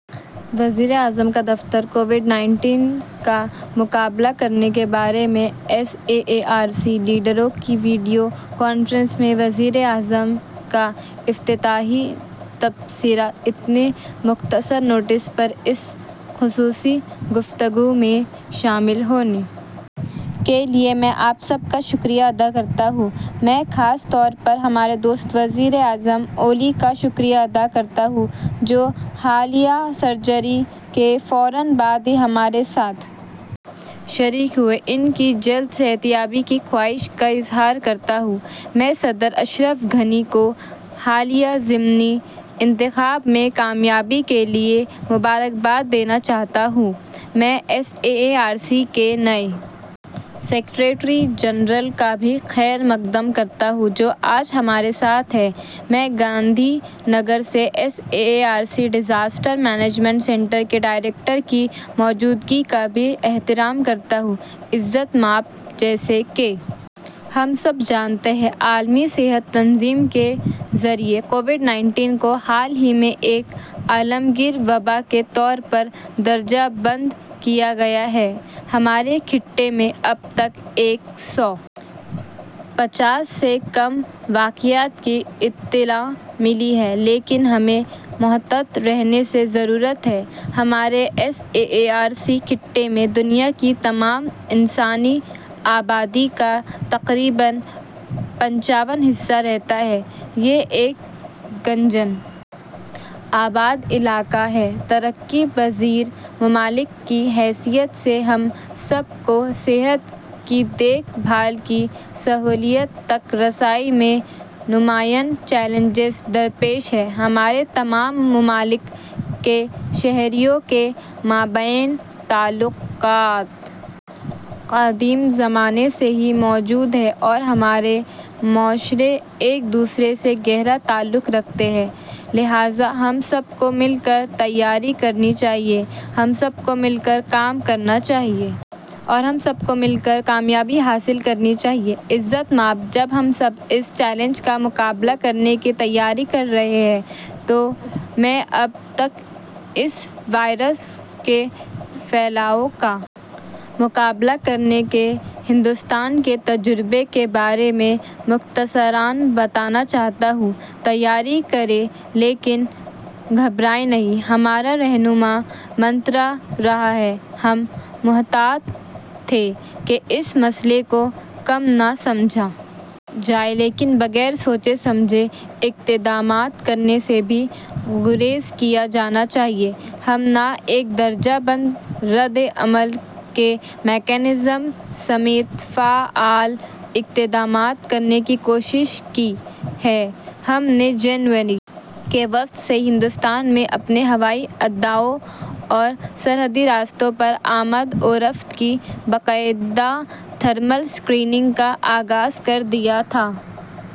وزیر اعظم کا دفتر کووڈ انیس کا مقابلہ کرنے کے بارے میں سارک لیڈروں کی ویڈیو کانفرنس میں وزیر اعظم کا افتتاحی تبصرہ اتنے مختصر نوٹس پر اس خصوصی گفتگو میں شامل ہونے کے لیے میں آپ سب کا شکریہ ادا کرتا ہوں میں خاص طور پر ہمارے دوست وزیر اعظم اولی کا شکریہ ادا کرتا ہوں جو حالیہ سرجری کے فوراً بعد ہی ہمارے ساتھ شریک ہوئے میں ان کی جلد صحتیابی کی خواہش کا اظہار کرتا ہوں میں صدر اشرف غنی کو حالیہ ضمنی انتخاب میں کامیابی کے لیے مبارکباد دینا چاہتا ہوں میں سارک کے نئے سکریٹری جنرل کا بھی خیرمقدم کرتا ہوں جو آج ہمارے ساتھ ہیں میں گاندھی نگر سے سارک ڈیزاسٹر مینجمنٹ سنٹر کے ڈائریکٹر کی موجودگی کا بھی احترام کرتا ہوں عزت مآب جیسا کہ ہم سب جانتے ہیں عالمی صحت تنظیم کے ذریعہ کووڈ انیس کو حال ہی میں ایک عالمگیر وبا کے طور پر درجہ بند کیا گیا ہے ہمارے خطے میں اب تک ایک سو پچاس سے کم واقعات کی اطلاع ملی ہے لیکن ہمیں محتاط رہنے کی ضرورت ہے ہمارے سارک خطے میں دنیا کی تمام انسانی آبادی کا تقریباً پانچواں حصہ رہتا ہے یہ ایک گنجان آباد علاقہ ہے ترقی پذیر ممالک کی حیثیت سے ہم سب کو صحت کی دیکھ بھال کی سہولیات تک رسائی میں نمایاں چیلنجز درپیش ہیں ہمارے تمام ممالک کے شہریوں کے مابین تعلقات قدیم زمانے سے ہی موجود ہیں اور ہمارے معاشرے ایک دوسرے سے گہرا تعلق رکھتے ہیں لہذا ہم سب کو مل کر تیاری کرنی چاہیے ہم سب کو مل کر کام کرنا چاہیے اور ہم سب کو مل کر کامیابی حاصل کرنی چاہیے عزت مآب جب ہم اس چیلنج کا مقابلہ کرنے کی تیاری کر رہے ہیں تو میں اب تک اس وائرس کے پھیلاؤ کا مقابلہ کرنے کے ہندوستان کے تجربے کے بارے میں مختصراً بتانا چاہتا ہوں تیاری کریں لیکن گھبرائیں نہیں ہمارا رہنما منتر رہا ہے ہم محتاط تھے کہ اس مسئلے کو کم نہ سمجھا جائے لیکن بغیر سوچے سمجھے اقدامات کرنے سے بھی گریز کیا جانا چاہیے ہم نے ایک درجہ بند رد عمل کے میکانزم سمیت فعال اقدامات کرنے کی کوشش کی ہے ہم نے جنوری کے وسط سے ہی ہندوستان میں اپنے ہوائی اڈوں اور سرحدی راستوں پر آمد و رفت کی باقاعدہ تھرمل اسکریننگ کا آغاز کر دیا تھا